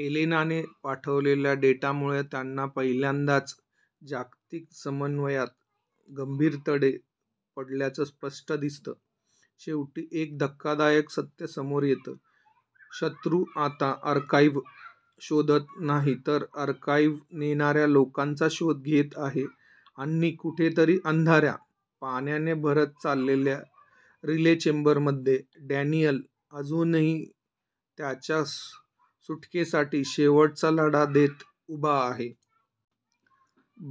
एलेनाने पाठवलेल्या डेटामुळे त्यांना पहिल्यांदाच जागतिक समन्वयात गंभीर तडे पडल्याचं स्पष्ट दिसतं. शेवटी एक धक्कादायक सत्य समोर येतं. शत्रू आता आर्काइव्ह शोधत नाही, तर आर्काइव्ह नेणाऱ्या लोकांचा शोध घेत आहे आणि कुठेतरी अंधाऱ्या, पाण्याने भरत चाललेल्या रिले चेंबरमध्ये डॅनियल अजूनही त्यांच्या सुटकेसाठी शेवटचा लढा देत उभा आहे.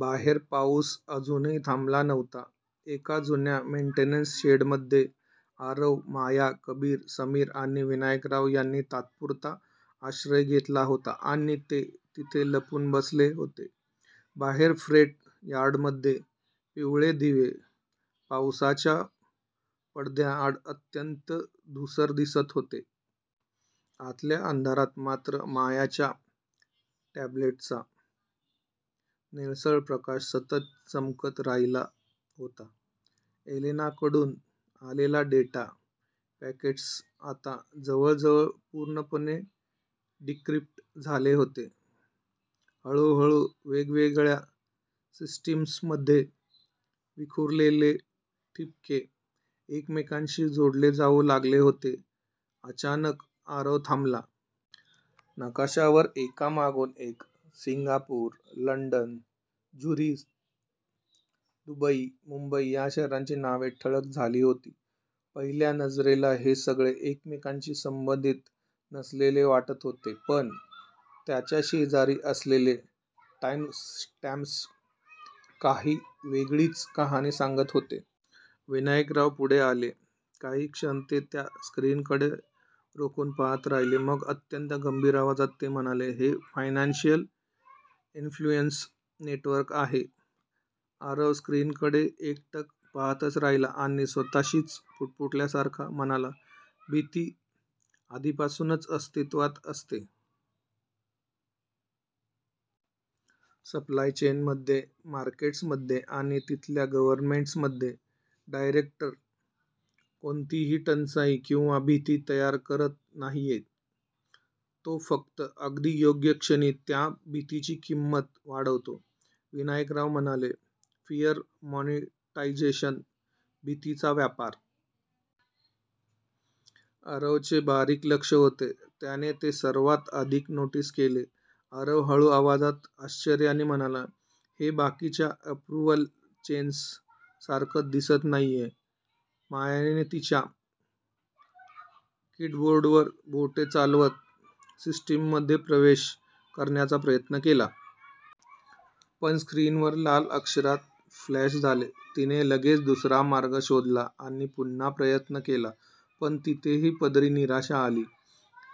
बाहेर पाऊस अजूनही थांबला नव्हता. एका जुन्या मेंटेनन्स शेडमध्ये आरव, माया, कबीर, समीर आणि विनायकराव यांनी तात्पुरता आश्रय घेतला होता आणि ते तिथे लपून बसले होते. बाहेर फ्रेट यार्डमधले पिवळे दिवे पावसाच्या पडद्याआड अत्यंत धूसर दिसत होते. आतल्या अंधारात मात्र मायाच्या टॅब्लेटचा निळसर प्रकाश सतत चमकत राहिला होता. एलेनाकडून आलेले डेटा पॅकेट्स आता जवळजवळ पूर्णपणे डिक्रिप्ट झाले होते. हळूहळू वेगवेगळ्या सिस्टीम्समधले विखुरलेले ठिपके एकमेकांशी जोडले जाऊ लागले होते. अचानक आरव थांबला. नकाशावर एकामागून एक Singapore, London, Zurich, Dubai, Mumbai या शहरांची नावे ठळक झाली होती. पहिल्या नजरेला हे सगळे एकमेकांशी संबंधित नसलेले वाटत होते, पण त्यांच्या शेजारी असलेले टाईमस्टॅम्प्स काही वेगळीच कहाणी सांगत होते. विनायकराव पुढे आले. काही क्षण ते त्या स्क्रीनकडे रोखून पाहत राहिले. मग अत्यंत गंभीर आवाजात ते म्हणाले, "हे फायनान्शियल इन्फ्लुएन्स नेटवर्क आहे. " आरव स्क्रीनकडे एकटक पाहतच राहिला आणि स्वतःशीच पुटपुटल्यासारखा म्हणाला, भीती आधीपासूनच अस्तित्वात असते. सप्लाय चेन्स मध्ये, मार्केट्स मध्ये आणि तिथल्या गव्हर्नमेंट्स मध्ये. " "डायरेक्टर कोणतीही टंचाई किंवा भीती तयार करत नाहीये. तो फक्त अगदी योग्य क्षणी, त्या भीतीची किंमत वाढवतो. " विनायकराव म्हणाले, फिअर मॉनिटायझेशन भीतीचा व्यापार! आरवचे बारीक लक्ष होते, त्याने ते सर्वात आधी नोटीस केले. आरव हळू आवाजात, आश्चर्याने म्हणाला, "हे बाकीच्या अप्रूव्हल चेन्स सारखं दिसत नाहीये. " मायाने तिच्या कीबोर्डवर बोटे चालवत सिस्टीममध्ये प्रवेश करण्याचा प्रयत्न केला. पण स्क्रीनवर लाल अक्षरात फ्लॅश झाले. तीने लगेच दुसरा मार्ग शोधला आणि पुन्हा प्रयत्न केला, पण तिथेही पदरी निराशाच आली.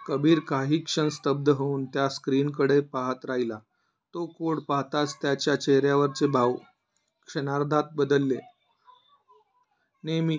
कबीर काही क्षण स्तब्ध होऊन त्या स्क्रीनकडे पाहत राहिला. तो कोड पाहताच त्याच्या चेहऱ्यावरचे भाव क्षणार्धात बदलले. नेहमी